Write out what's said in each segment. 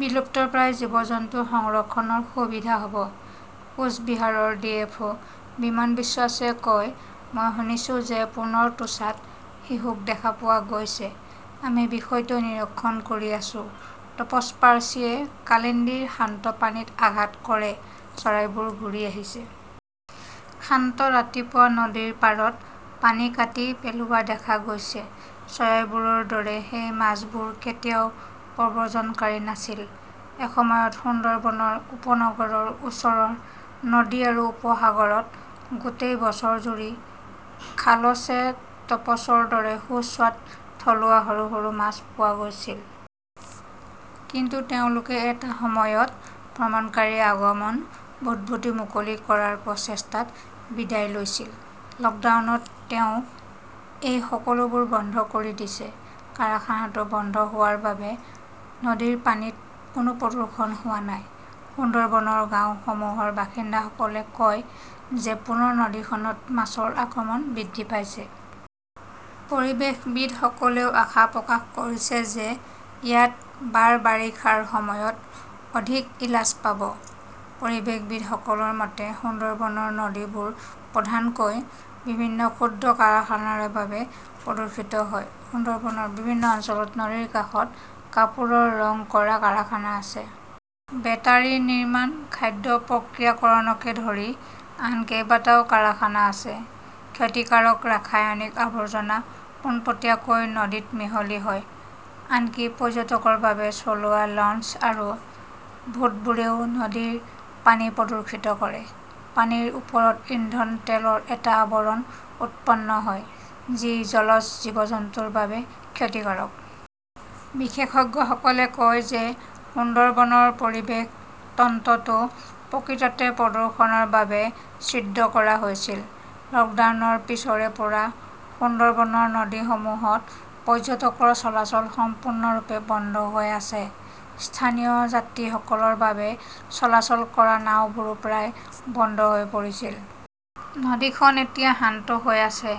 বিলুপ্তপ্ৰায় জীৱ-জন্তুৰ সংৰক্ষণৰ সুবিধা হব। কোচ বিহাৰৰ ডি. এফ. অ '. বিমান বিশ্বাসে কয়, মই শুনিছোঁ যে পুনৰ টোৰ্চাত শুশুক দেখা পোৱা গৈছে। আমি বিষয়টো নিৰীক্ষণ কৰি আছো। টপস-পাৰ্চিয়ে কালিন্দিৰ শান্ত পানীত আঘাত কৰে চৰাইবোৰ ঘূৰি আহিছে। শান্ত ৰাতিপুৱা নদীৰ পাৰত পানী কাটি পেলোৱা দেখা গৈছে। চৰাইবোৰৰ দৰে সেই মাছবোৰ কেতিয়াও প্ৰব্ৰজনকাৰী নাছিল। এসময়ত সুন্দৰবনৰ উপনগৰৰ ওচৰৰ নদী আৰু উপসাগৰত গোটেই বছৰজুৰি খালছে, টপ্সৰ দৰে সুস্বাদু থলুৱা সৰু-সৰু মাছ পোৱা গৈছিল। কিন্তু তেওঁলোকে এটা সময়ত ভ্ৰমণকাৰীৰ আগমন, ভূতভুটি-মুকলি কৰাৰ প্ৰচেষ্টাত বিদায় লৈছিল। লকডাউনত তেওঁ এই সকলোবোৰ বন্ধ কৰি দিছে। কাৰখানাটো বন্ধ হোৱাৰ বাবে নদীৰ পানীত কোনো প্ৰদূষণ হোৱা নাই। সুন্দৰবনৰ গাঁওসমূহৰ বাসিন্দাসকলে কয় যে পুনৰ নদীখনত মাছৰ আগমন বৃদ্ধি পাইছে। পৰিৱেশবিদসকলেও আশা প্ৰকাশ কৰিছে যে ইয়াত বাৰ বাৰিষাৰ সময়ত অধিক ইলাছ পাব। পৰিৱেশবিদসকলৰ মতে, সুন্দৰবনৰ নদীবোৰ প্ৰধানকৈ বিভিন্ন ক্ষুদ্ৰ কাৰখানাৰ বাবে প্ৰদূষিত হয়। সুন্দৰবনৰ বিভিন্ন অঞ্চলত নদীৰ কাষত কাপোৰ ৰং কৰা কাৰখানা আছে। বেটাৰি নিৰ্মাণ, খাদ্য প্ৰক্ৰিয়াকৰণকে ধৰি আন কেইবাটাও কাৰখানা আছে। ক্ষতিকাৰক ৰাসায়নিক আৱৰ্জনা পোনপটীয়াকৈ নদীত মিহলি হয়। আনকি পৰ্যটকৰ বাবে চলোৱা লঞ্চ আৰু ভূতবোৰেও নদীৰ পানী প্ৰদূষিত কৰে। পানীৰ ওপৰত ইন্ধন তেলৰ এটা আৱৰণ উৎপন্ন হয়, যি জলজ জীৱ-জন্তুৰ বাবে ক্ষতিকাৰক। বিশেষজ্ঞসকলে কয় যে সুন্দৰবনৰ পৰিৱেশ তন্ত্ৰটো প্ৰকৃততে প্ৰদূষণৰ বাবে ছিদ্ৰ কৰা হৈছিল। লকডাউনৰ পিছৰে পৰা সুন্দৰবনৰ নদীসমূহত পৰ্যটকৰ চলাচল সম্পূৰ্ণৰূপে বন্ধ হৈ আছে। স্থানীয় যাত্ৰীসকলৰ বাবে চলাচল কৰা নাওবোৰো প্ৰায় বন্ধ হৈ পৰিছিল। নদীখন এতিয়া শান্ত হৈ আছে।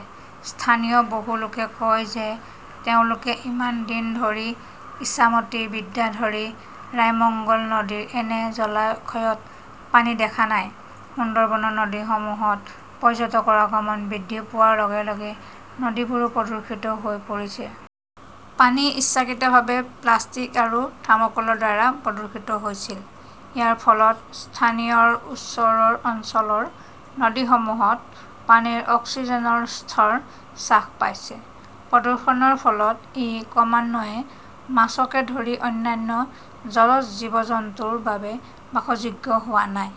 স্থানীয় বহু লোকে কয় যে তেওঁলোকে ইমান দিন ধৰি ইছামতী, বিদ্যাধৰী, ৰায়মঙ্গল নদীৰ এনে জলাশয়ত পানী দেখা নাই। সুন্দৰবনৰ নদীসমূহত পৰ্যটকৰ আগমন বৃদ্ধি পোৱাৰ লগে-লগে নদীবোৰ প্ৰদূষিত হৈ পৰিছে। পানী ইচ্ছাকৃতভাৱে প্লাষ্টিক আৰু থৰ্মকলৰ দ্বাৰা প্ৰদূষিত হৈছিল। ইয়াৰ ফলত স্থানীয়য়ৰ ওচৰৰ অঞ্চলৰ নদীসমূহত পানীৰ অক্সিজেনৰ স্তৰ হ্ৰাস পাইছে। প্ৰদূষণৰ ফলত ই ক্ৰমান্বয়ে মাছকে ধৰি অন্যান্য জলজ জীৱ-জন্তুৰ বাবে বাসযোগ্য হোৱা নাই।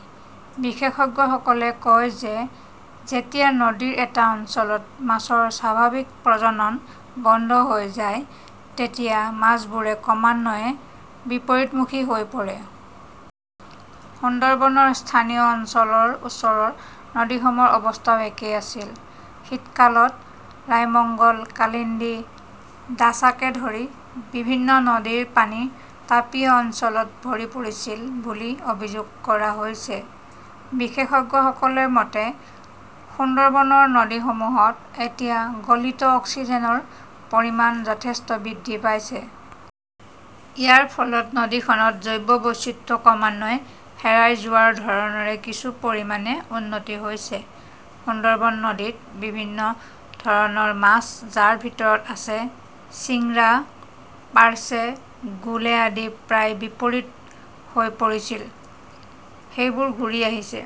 বিশেষজ্ঞসকলে কয় যে যেতিয়া নদীৰ এটা অঞ্চলত মাছৰ স্বাভাৱিক প্ৰজনন বন্ধ হৈ যায়, তেতিয়া মাছবোৰ ক্ৰমান্বয়ে বিপৰীতমুখী হৈ পৰে। সুন্দৰবনৰ স্থানীয় অঞ্চলৰ ওচৰৰ নদীসমূহৰ অৱস্থাও একেই আছিল। শীতকালত ৰায়মঙ্গল, কালিন্দি, দাছাকে ধৰি বিভিন্ন নদীৰ পানী তাপীয় অঞ্চলত ভৰি পৰিছিল বুলি অভিযোগ কৰা হৈছে। বিশেষজ্ঞসকলৰ মতে, সুন্দৰবনৰ নদীসমূহত এতিয়া গলিত অক্সিজেনৰ পৰিমাণ যথেষ্ট বৃদ্ধি পাইছে। ইয়াৰ ফলত নদীখনত জৈৱ বৈচিত্ৰ্য ক্ৰমান্বয়ে হেৰাই যোৱাৰ ধৰণে কিছু পৰিমাণে উন্নতি হৈছে। সুন্দৰবন নদীত বিভিন্ন ধৰণৰ মাছ, যাৰ ভিতৰত আছে চিংৰা, পাৰ্চে, গুলে আদি, প্ৰায় বিপৰীত হৈ পৰিছিল। সেইবোৰ ঘূৰি আহিছে।